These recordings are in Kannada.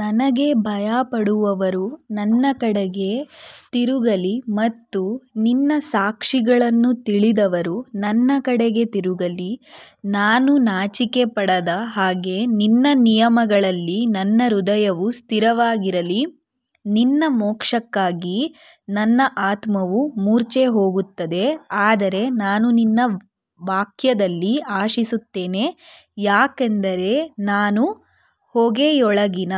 ನಿನಗೆ ಭಯಪಡುವವರು ನನ್ನ ಕಡೆಗೆ ತಿರುಗಲಿ ಮತ್ತು ನಿನ್ನ ಸಾಕ್ಷಿಗಳನ್ನು ತಿಳಿದವರು ನನ್ನ ಕಡೆಗೆ ತಿರುಗಲಿ ನಾನು ನಾಚಿಕೆಪಡದ ಹಾಗೆ ನಿನ್ನ ನಿಯಮಗಳಲ್ಲಿ ನನ್ನ ಹೃದಯವು ಸ್ಥಿರವಾಗಿರಲಿ ನಿನ್ನ ಮೋಕ್ಷಕ್ಕಾಗಿ ನನ್ನ ಆತ್ಮವು ಮೂರ್ಛೆಹೋಗುತ್ತದೆ ಆದರೆ ನಾನು ನಿನ್ನ ವಾಕ್ಯದಲ್ಲಿ ಆಶಿಸುತ್ತೇನೆ ಯಾಕಂದರೆ ನಾನು ಹೊಗೆಯೊಳಗಿನ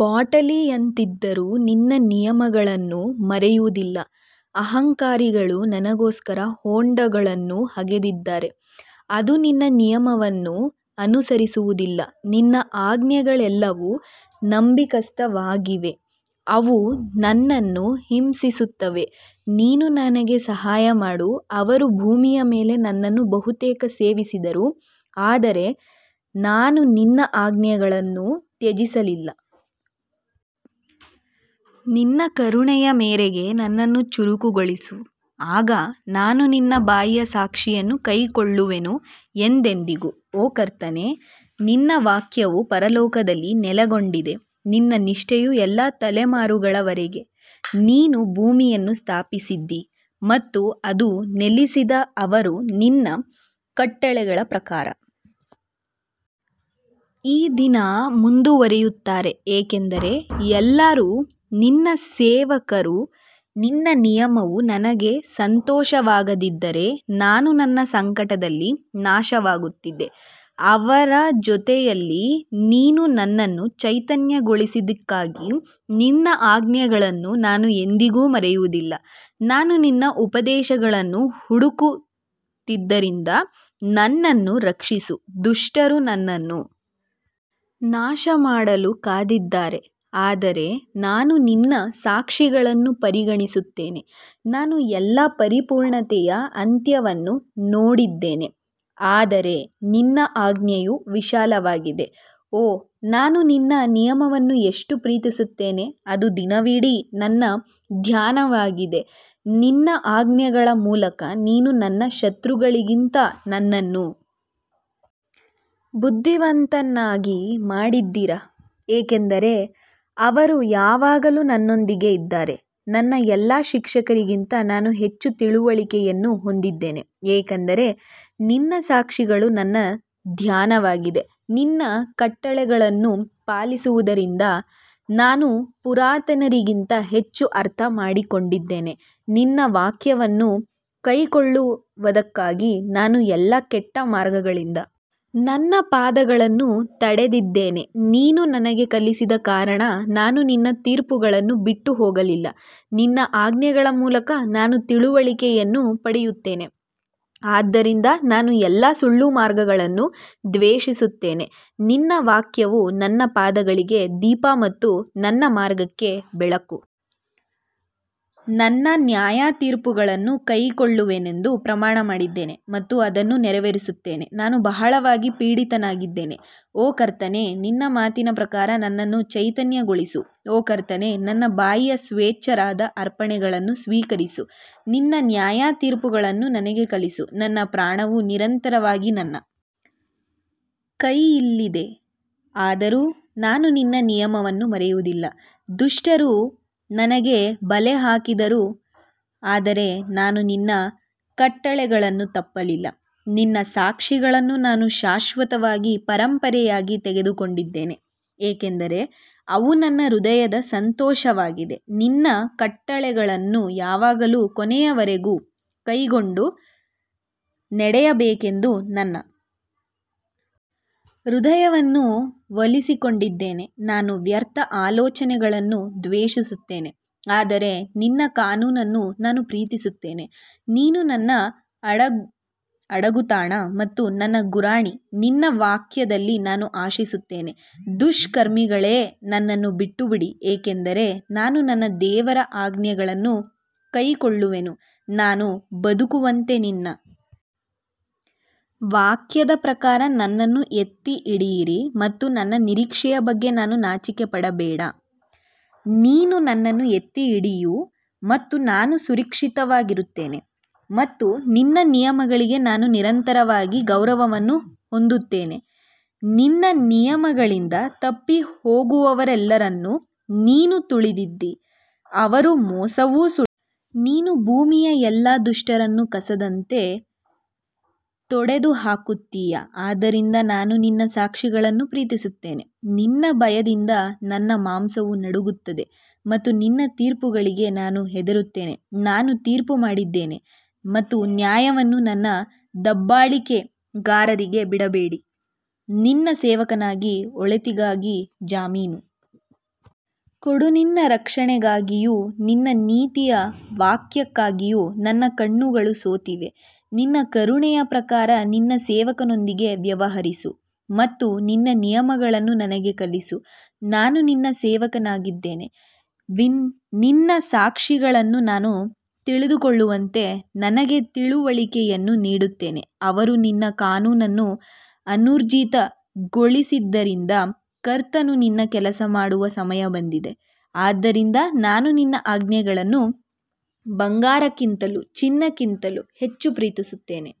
ಬಾಟಲಿಯಂತಿದ್ದರೂ ನಿನ್ನ ನಿಯಮಗಳನ್ನು ಮರೆಯುವುದಿಲ್ಲ ಅಹಂಕಾರಿಗಳು ನನಗೋಸ್ಕರ ಹೊಂಡಗಳನ್ನು ಅಗೆದಿದ್ದಾರೆ, ಅದು ನಿನ್ನ ನಿಯಮವನ್ನು ಅನುಸರಿಸುವುದಿಲ್ಲ ನಿನ್ನ ಆಜ್ಞೆಗಳೆಲ್ಲವೂ ನಂಬಿಗಸ್ತವಾಗಿವೆ, ಅವು ನನ್ನನ್ನು ಹಿಂಸಿಸುತ್ತವೆ, ನೀನು ನನಗೆ ಸಹಾಯ ಮಾಡು ಅವರು ಭೂಮಿಯ ಮೇಲೆ ನನ್ನನ್ನು ಬಹುತೇಕ ಸೇವಿಸಿದರು ಆದರೆ ನಾನು ನಿನ್ನ ಆಜ್ಞೆಗಳನ್ನು ತ್ಯಜಿಸಲಿಲ್ಲ ನಿನ್ನ ಕರುಣೆಯ ಮೇರೆಗೆ ನನ್ನನ್ನು ಚುರುಕುಗೊಳಿಸು, ಆಗ ನಾನು ನಿನ್ನ ಬಾಯಿಯ ಸಾಕ್ಷಿಯನ್ನು ಕೈಕೊಳ್ಳುವೆನು ಎಂದೆಂದಿಗೂ ಓ ಕರ್ತನೇ ನಿನ್ನ ವಾಕ್ಯವು ಪರಲೋಕದಲ್ಲಿ ನೆಲೆಗೊಂಡಿದೆ ನಿನ್ನ ನಿಷ್ಠೆಯು ಎಲ್ಲಾ ತಲೆಮಾರುಗಳ ವರೆಗೆ, ನೀನು ಭೂಮಿಯನ್ನು ಸ್ಥಾಪಿಸಿದ್ದೀ ಮತ್ತು ಅದು ನೆಲೆಸಿದೆ ಅವರು ನಿನ್ನ ಕಟ್ಟಳೆಗಳ ಪ್ರಕಾರ ಈ ದಿನ ಮುಂದುವರಿಯುತ್ತಾರೆ ಏಕೆಂದರೆ ಎಲ್ಲರೂ ನಿನ್ನ ಸೇವಕರು ನಿನ್ನ ನಿಯಮವು ನನಗೆ ಸಂತೋಷವಾಗದಿದ್ದರೆ ನಾನು ನನ್ನ ಸಂಕಟದಲ್ಲಿ ನಾಶವಾಗುತ್ತಿದ್ದೆ ಅವರ ಜೊತೆಯಲ್ಲಿ ನೀನು ನನ್ನನ್ನು ಚೈತನ್ಯಗೊಳಿಸಿದ್ದಕ್ಕಾಗಿ ನಿನ್ನ ಆಜ್ಞೆಗಳನ್ನು ನಾನು ಎಂದಿಗೂ ಮರೆಯುವುದಿಲ್ಲ ನಾನು ನಿನ್ನ ಉಪದೇಶಗಳನ್ನು ಹುಡುಕಿದ್ದರಿಂದ ನನ್ನನ್ನು ರಕ್ಷಿಸು ದುಷ್ಟರು ನನ್ನನ್ನು ನಾಶಮಾಡಲು ಕಾದಿದ್ದಾರೆ ಆದರೆ ನಾನು ನಿನ್ನ ಸಾಕ್ಷಿಗಳನ್ನು ಪರಿಗಣಿಸುತ್ತೇನೆ ನಾನು ಎಲ್ಲಾ ಪರಿಪೂರ್ಣತೆಯ ಅಂತ್ಯವನ್ನು ನೋಡಿದ್ದೇನೆ ಆದರೆ ನಿನ್ನ ಆಜ್ಞೆಯು ವಿಶಾಲವಾಗಿದೆ ಓ ನಾನು ನಿನ್ನ ನಿಯಮವನ್ನು ಎಷ್ಟು ಪ್ರೀತಿಸುತ್ತೇನೆ ಅದು ದಿನವಿಡೀ ನನ್ನ ಧ್ಯಾನವಾಗಿದೆ ನಿನ್ನ ಆಜ್ಞೆಗಳ ಮೂಲಕ ನೀನು ನನ್ನ ಶತ್ರುಗಳಿಗಿಂತ ನನ್ನನ್ನು ಬುದ್ಧಿವಂತನನ್ನಾಗಿ ಮಾಡಿದ್ದೀರಿ ಏಕೆಂದರೆ ಅವರು ಯಾವಾಗಲೂ ನನ್ನೊಂದಿಗೆ ಇದ್ದಾರೆ ನನ್ನ ಎಲ್ಲಾ ಶಿಕ್ಷಕರಿಗಿಂತ ನಾನು ಹೆಚ್ಚು ತಿಳುವಳಿಕೆಯನ್ನು ಹೊಂದಿದ್ದೇನೆ ಏಕೆಂದರೆ ನಿನ್ನ ಸಾಕ್ಷಿಗಳು ನನ್ನ ಧ್ಯಾನವಾಗಿದೆ ನಿನ್ನ ಕಟ್ಟಳೆಗಳನ್ನು ಪಾಲಿಸುವುದರಿಂದ ನಾನು ಪುರಾತನರಿಗಿಂತ ಹೆಚ್ಚು ಅರ್ಥಮಾಡಿಕೊಂಡಿದ್ದೇನೆ ನಿನ್ನ ವಾಕ್ಯವನ್ನು ಕೈಕೊಳ್ಳುವದಕ್ಕಾಗಿ ನಾನು ಎಲ್ಲಾ ಕೆಟ್ಟ ಮಾರ್ಗಗಳಿಂದ ನನ್ನ ಪಾದಗಳನ್ನು ತಡೆದಿದ್ದೇನೆ ನೀನು ನನಗೆ ಕಲಿಸಿದ ಕಾರಣ ನಾನು ನಿನ್ನ ತೀರ್ಪುಗಳನ್ನು ಬಿಟ್ಟು ಹೋಗಲಿಲ್ಲ ನಿನ್ನ ಆಜ್ಞೆಗಳ ಮೂಲಕ ನಾನು ತಿಳುವಳಿಕೆಯನ್ನು ಪಡೆಯುತ್ತೇನೆ ಆದ್ದರಿಂದ ನಾನು ಎಲ್ಲಾ ಸುಳ್ಳು ಮಾರ್ಗಗಳನ್ನು ದ್ವೇಷಿಸುತ್ತೇನೆ ನಿನ್ನ ವಾಕ್ಯವು ನನ್ನ ಪಾದಗಳಿಗೆ ದೀಪ ಮತ್ತು ನನ್ನ ಮಾರ್ಗಕ್ಕೆ ಬೆಳಕು ನಿನ್ನ ನ್ಯಾಯತೀರ್ಪುಗಳನ್ನು ಕೈಕೊಳ್ಳುವೆನೆಂದು ಪ್ರಮಾಣ ಮಾಡಿದ್ದೇನೆ ಮತ್ತು ಅದನ್ನು ನೆರವೇರಿಸುತ್ತೇನೆ ನಾನು ಬಹಳವಾಗಿ ಪೀಡಿತನಾಗಿದ್ದೇನೆ ಓ ಕರ್ತನೇ ನಿನ್ನ ಮಾತಿನ ಪ್ರಕಾರ ನನ್ನನ್ನು ಚೈತನ್ಯಗೊಳಿಸು ಓ ಕರ್ತನೇ ನನ್ನ ಬಾಯಿಯ ಸ್ವೇಚ್ಛಾಚಾರದ ಅರ್ಪಣೆಗಳನ್ನು ಸ್ವೀಕರಿಸಿ ನಿನ್ನ ನ್ಯಾಯತೀರ್ಪುಗಳನ್ನು ನನಗೆ ಕಲಿಸು ನನ್ನ ಪ್ರಾಣವು ನಿರಂತರವಾಗಿ ನನ್ನ ಕೈಯಲ್ಲಿದೆ, ಆದರೂ ನಾನು ನಿನ್ನ ನಿಯಮವನ್ನು ಮರೆಯುವುದಿಲ್ಲ ದುಷ್ಟರು ನನಗೆ ಬಲೆ ಹಾಕಿದರು ಆದರೆ ನಾನು ನಿನ್ನ ಕಟ್ಟಳೆಗಳನ್ನು ತಪ್ಪಲಿಲ್ಲ ನಿನ್ನ ಸಾಕ್ಷಿಗಳನ್ನು ನಾನು ಶಾಶ್ವತವಾಗಿ ಪರಂಪರೆಯಾಗಿ ತೆಗೆದುಕೊಂಡಿದ್ದೇನೆ ಏಕೆಂದರೆ ಅವು ನನ್ನ ಹೃದಯದ ಸಂತೋಷವಾಗಿದೆ ನಿನ್ನ ಕಟ್ಟಳೆಗಳನ್ನು ಯಾವಾಗಲೂ ಕೊನೆಯವರೆಗೂ ಕೈಕೊಂಡು ನಡೆಯಬೇಕೆಂದು ನನ್ನ ಹೃದಯವನ್ನು ಒಲಿಸಿಕೊಂಡಿದ್ದೇನೆ ನಾನು ವ್ಯರ್ಥ ಆಲೋಚನೆಗಳನ್ನು ದ್ವೇಷಿಸುತ್ತೇನೆ ಆದರೆ ನಿನ್ನ ಕಾನೂನನ್ನು ನಾನು ಪ್ರೀತಿಸುತ್ತೇನೆ ನೀನು ನನ್ನ ಅಡಗುತಾಣ ಮತ್ತು ನನ್ನ ಗುರಾಣಿ ನಿನ್ನ ವಾಕ್ಯದಲ್ಲಿ ನಾನು ಆಶಿಸುತ್ತೇನೆ ದುಷ್ಕರ್ಮಿಗಳೇ ನನ್ನನ್ನು ಬಿಟ್ಟುಬಿಡಿ ಏಕೆಂದರೆ ನಾನು ನನ್ನ ದೇವರ ಆಜ್ಞೆಗಳನ್ನು ಕೈಕೊಳ್ಳುವೆನು ನಾನು ಬದುಕುವಂತೆ ನಿನ್ನ ವಾಕ್ಯದ ಪ್ರಕಾರ ನನ್ನನ್ನು ಎತ್ತಿಹಿಡಿಯಿರಿ ಮತ್ತು ನನ್ನ ನಿರೀಕ್ಷೆಯ ಬಗ್ಗೆ ನಾನು ನಾಚಿಕೆಪಡಬೇಡ ನೀನು ನನ್ನನ್ನು ಎತ್ತಿ ಹಿಡಿಯು ಮತ್ತು ನಾನು ಸುರಕ್ಷಿತವಾಗಿರುತ್ತೇನೆ ಮತ್ತು ನಿನ್ನ ನಿಯಮಗಳಿಗೆ ನಾನು ನಿರಂತರವಾಗಿ ಗೌರವವನ್ನು ಹೊಂದುತ್ತೇನೆ ನಿನ್ನ ನಿಯಮಗಳಿಂದ ತಪ್ಪಿ ಹೋಗುವವರೆಲ್ಲರನ್ನು ನೀನು ತುಳಿದಿದ್ದೀ, ಅವರ ಮೋಸವು ಸುಳ್ಳು ನೀನು ಭೂಮಿಯ ಎಲ್ಲಾ ದುಷ್ಟರನ್ನು ಕಸದಂತೆ ತೊಡೆದುಹಾಕುತ್ತೀಯಾ ಆದ್ದರಿಂದ ನಾನು ನಿನ್ನ ಸಾಕ್ಷಿಗಳನ್ನು ಪ್ರೀತಿಸುತ್ತೇನೆ ನಿನ್ನ ಭಯದಿಂದ ನನ್ನ ಮಾಂಸವು ನಡುಗುತ್ತದೆ ಮತ್ತು ನಿನ್ನ ತೀರ್ಪುಗಳಿಗೆ ನಾನು ಹೆದರುತ್ತೇನೆ ನಾನು ತೀರ್ಪು ಮಾಡಿದ್ದೇನೆ ಮತ್ತು ನ್ಯಾಯವನ್ನು ನನ್ನ ದಬ್ಬಾಳಿಕೆಗಾರರಿಗೆ ಬಿಡಬೇಡಿ ನಿನ್ನ ಸೇವಕನಿಗೆ ಒಳಿತಿಗಾಗಿ ಜಾಮೀನು ಕೊಡು ನಿನ್ನ ರಕ್ಷಣೆಗಾಗಿಯೂ ನಿನ್ನ ನೀತಿಯ ವಾಕ್ಯಕ್ಕಾಗಿಯೂ ನನ್ನ ಕಣ್ಣುಗಳು ಸೋತಿವೆ ನಿನ್ನ ಕರುಣೆಯ ಪ್ರಕಾರ ನಿನ್ನ ಸೇವಕನೊಂದಿಗೆ ವ್ಯವಹರಿಸು ಮತ್ತು ನಿನ್ನ ನಿಯಮಗಳನ್ನು ನನಗೆ ಕಲಿಸು ನಾನು ನಿನ್ನ ಸೇವಕನಾಗಿದ್ದೇನೆ, ನಿನ್ನ ಸಾಕ್ಷಿಗಳನ್ನು ನಾನು ತಿಳಿದುಕೊಳ್ಳುವಂತೆ ನನಗೆ ತಿಳುವಳಿಕೆಯನ್ನು ನೀಡುತ್ತೇನೆ ಅವರು ನಿನ್ನ ಕಾನೂನನ್ನು ಅನೂರ್ಜಿತಗೊಳಿಸಿದ್ದರಿಂದ ಕರ್ತನು ನೀನು ಕೆಲಸಮಾಡುವ ಸಮಯ ಬಂದಿದೆ ಆದದರಿಂದ ನಾನು ನಿನ್ನ ಆಜ್ಞೆಗಳನ್ನು ಬಂಗಾರಕ್ಕಿಂತಲೂ, ಚಿನ್ನಕ್ಕಿಂತಲೂ ಹೆಚ್ಚು ಪ್ರೀತಿಸುತ್ತೇನೆ.